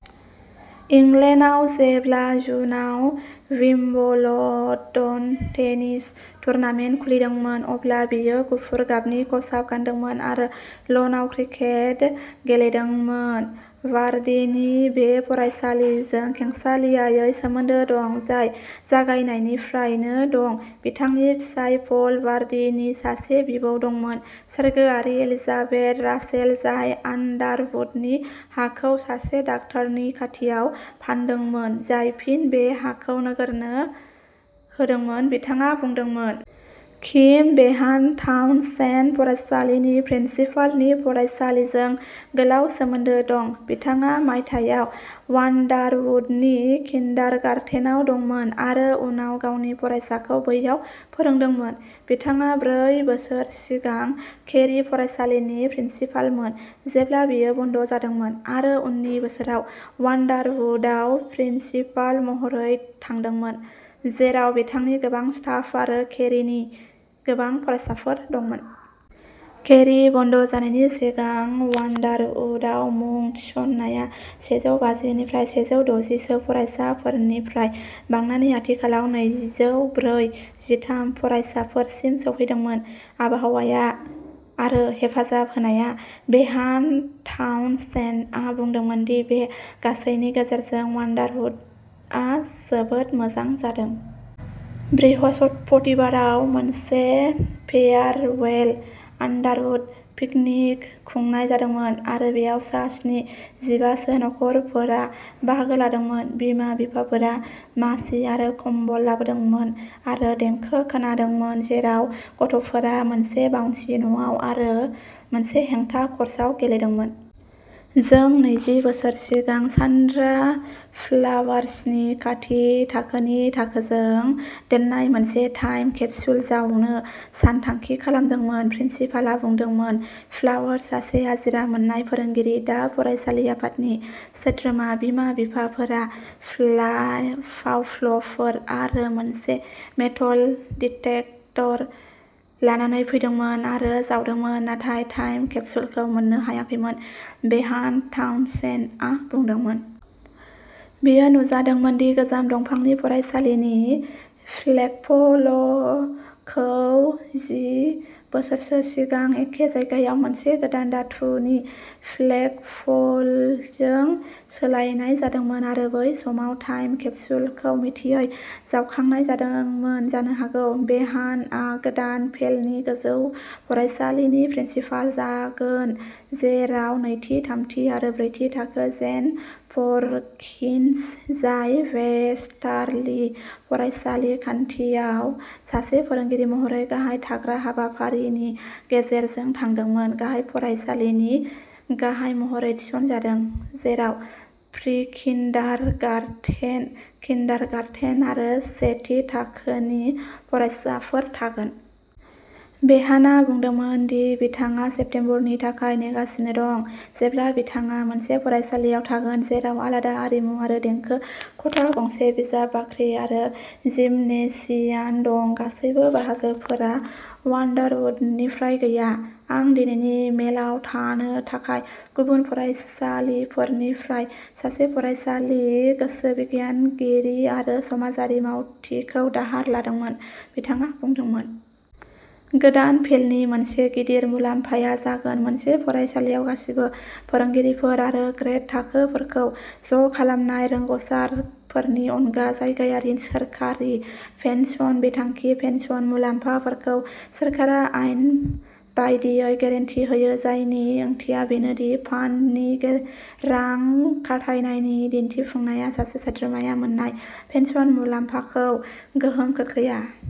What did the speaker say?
इंलेन्डआव जेब्ला जुनआव Wimbledon tennis tournament खुलिदोंमोन अब्ला बियो गुफुर गाबनि खसाब गानदोंमोन आरो लनआव क्रकेट गेलेदोंमोन। बार्डीनि बे फरायसालिजों खेंसालियायै सोमोन्दो दं जाय जागायनायनिफ्रायनो दं। बिथांनि फिसाय पल बार्डी नि सासे बिबौ दंमोन सोरगोआरि एलिजाबेथ रासेल जाय आन्डारवुडनि हाखौ सासे डाक्टारनि खाथियाव फानदोंमोन जाय फिन बे हाखौ नोगोरनो होदोंमोन बिथाङा बुंदोंमोन। किम बेहान टाउनसेन्ड फरायसालिनि प्रिन्सिपाल नि फरायसालिजों गोलाव सोमोन्दो दं। बिथाङा मायथाइयाव आन्डारवुडनि किन्डारगार्टेनआव दंमोन आरो उनाव गावनि फरायसाखौ बैयाव फोरोंदोंमोन। बिथाङा ब्रै बोसोर सिगां केरी फरायसालिनि प्रिन्सिपालमोन जेब्ला बेयो बन्द जादोंमोन आरो उननि बोसोराव आन्डारवुडआव प्रिन्सिपाल महरै थांदोंमोन जेराव बिथांनि गोबां स्टाफ आरो केरीनि गोबां फरायसाफोर दंमोन। केरी बन्द जानायनि सिगां आन्डारवुडआव मुं थिसननाया सेजौ बाजि निफ्राय सेजौ द'जि सो फरायसाफोरनिफ्राय बांनानै आथिखालाव नैजौ ब्रै जिथाम फरायसाफोरसिम सौहैदोंमोन। आबहावाया आरो हेफाजाब होनाया बेहान टाउनसेन्डआ बुंदोंमोन दि बे गासैनि गेजेरजों आन्डारवुडआ जोबोद मोजां जादों। बृहस्पतिबाराव मोनसे फेयारवेल आन्डारवुड पिकनिक खुंनाय जादोंमोन आरो बेयाव सा स्नि जिबा सो नखरफोरा बाहागो लादोंमोन। बिमा बिफाफोरा मासि आरो कम्बल लाबोदोंमोन आरो देंखो खोनादोंमोन जेराव गथ'फोरा मोनसे बाउन्सि न'आव आरो मोनसे हेंथा क'र्सआव गेलेदोंमोन। जों नैजि बोसोर सिगां सान्ड्रा फ्लावार्सनि बाथि थाखोनि थाखोजों दोननाय मोनसे टाइम केप्सुल जावनो सानथांखि खालामदोंमोन प्रिन्सिपालआ बुंदोंमोन। फ्लावार्स सासे आजिरा मोन्नाय फोरोंगिरि दा फरायसालि आफादनि सोद्रोमा। बिमा बिफाफोरा फावफ्ल'फोर आरो मोनसे मेटल डिटेक्टर लानानै फैदोंमोन आरो जावदोंमोन नाथाय टाइम केप्सुलखौ मोननो हायाखैमोन बेहान टाउनसेन्डआ बुंदोंमोन। बेयो नुजादोंमोन दि गोजाम दंफांनि फरायसालिनि फ्लेगप'लखौ जि बोसोरसो सिगां एखे जायगायाव मोनसे गोदान धातुनि फ्लेगप'लजों सोलायनाय जादोंमोन आरो बै समाव टाइम केप्सुलखौ मिथियै जावखांनाय जादोंमोन जानो हागौ। बेहानआ गोदान पेलनि गोजौ फरायसालिनि प्रिन्सिपाल जागोन जेराव नैथि थामथि आरो ब्रैथि थाखो जेन पर्किन्स जाय वेस्टारलि फरायसालि खान्थियाव सासे फोरोंगिरि महरै गाहाय थाग्रा हाबाफारिनि गेजेरजों थांदोंमोन गाहाय फरायसालिनि गाहाय महरै थिसनजादों जेराव प्रिकिन्डारगार्टेन किन्डारगार्टेन आरो सेथि थाखोनि फरायसाफोर थागोन। बेहानआ बुंदोंमोन दि बिथाङा सेप्तेम्बरनि थाखाय नेगासिनो दं जेब्ला बिथाङा मोनसे फरायसालियाव थागोन जेराव आलादा आरिमु आरो देंखो खथा गंसे बिजाब बाख्रि आरो जिमनेसियाम दं गासैबो बाहागोफोरा आन्डारवुडनिफ्राय गैया। आं दिनैनि मेलाव थानो थाखाय गुबुन फरायसालिफोरनिफ्राय सासे फरायसालि गोसो बिगियानगिरि आरो समाजारि मावथिखौ दाहार लादोंमोन बिथाङा बुंदोंमोन। गोदान पेलनि मोनसे गिदिर मुलाम्फाया जागोन मोनसे फरायसालिआव गासिबो फोरोंगिरिफोर आरो ग्रेड थाखोफोरखौ ज'खालामनाय रोंग'सारफोरनि अनगा जायगायारि सोरखारि पेन्सन बिथांखि पेन्सन मुलाम्फाफोरखौ सोरखारा आयेन बायदियै गेरेन्टि होयो जायनि ओंथिया बेनो दि फान्डनि रां खाथायनायनि दिन्थिफुंनाया सासे सोद्रोमाया मोन्नाय पेन्सन मुलाम्फाखौ गोहोम खोख्लैया।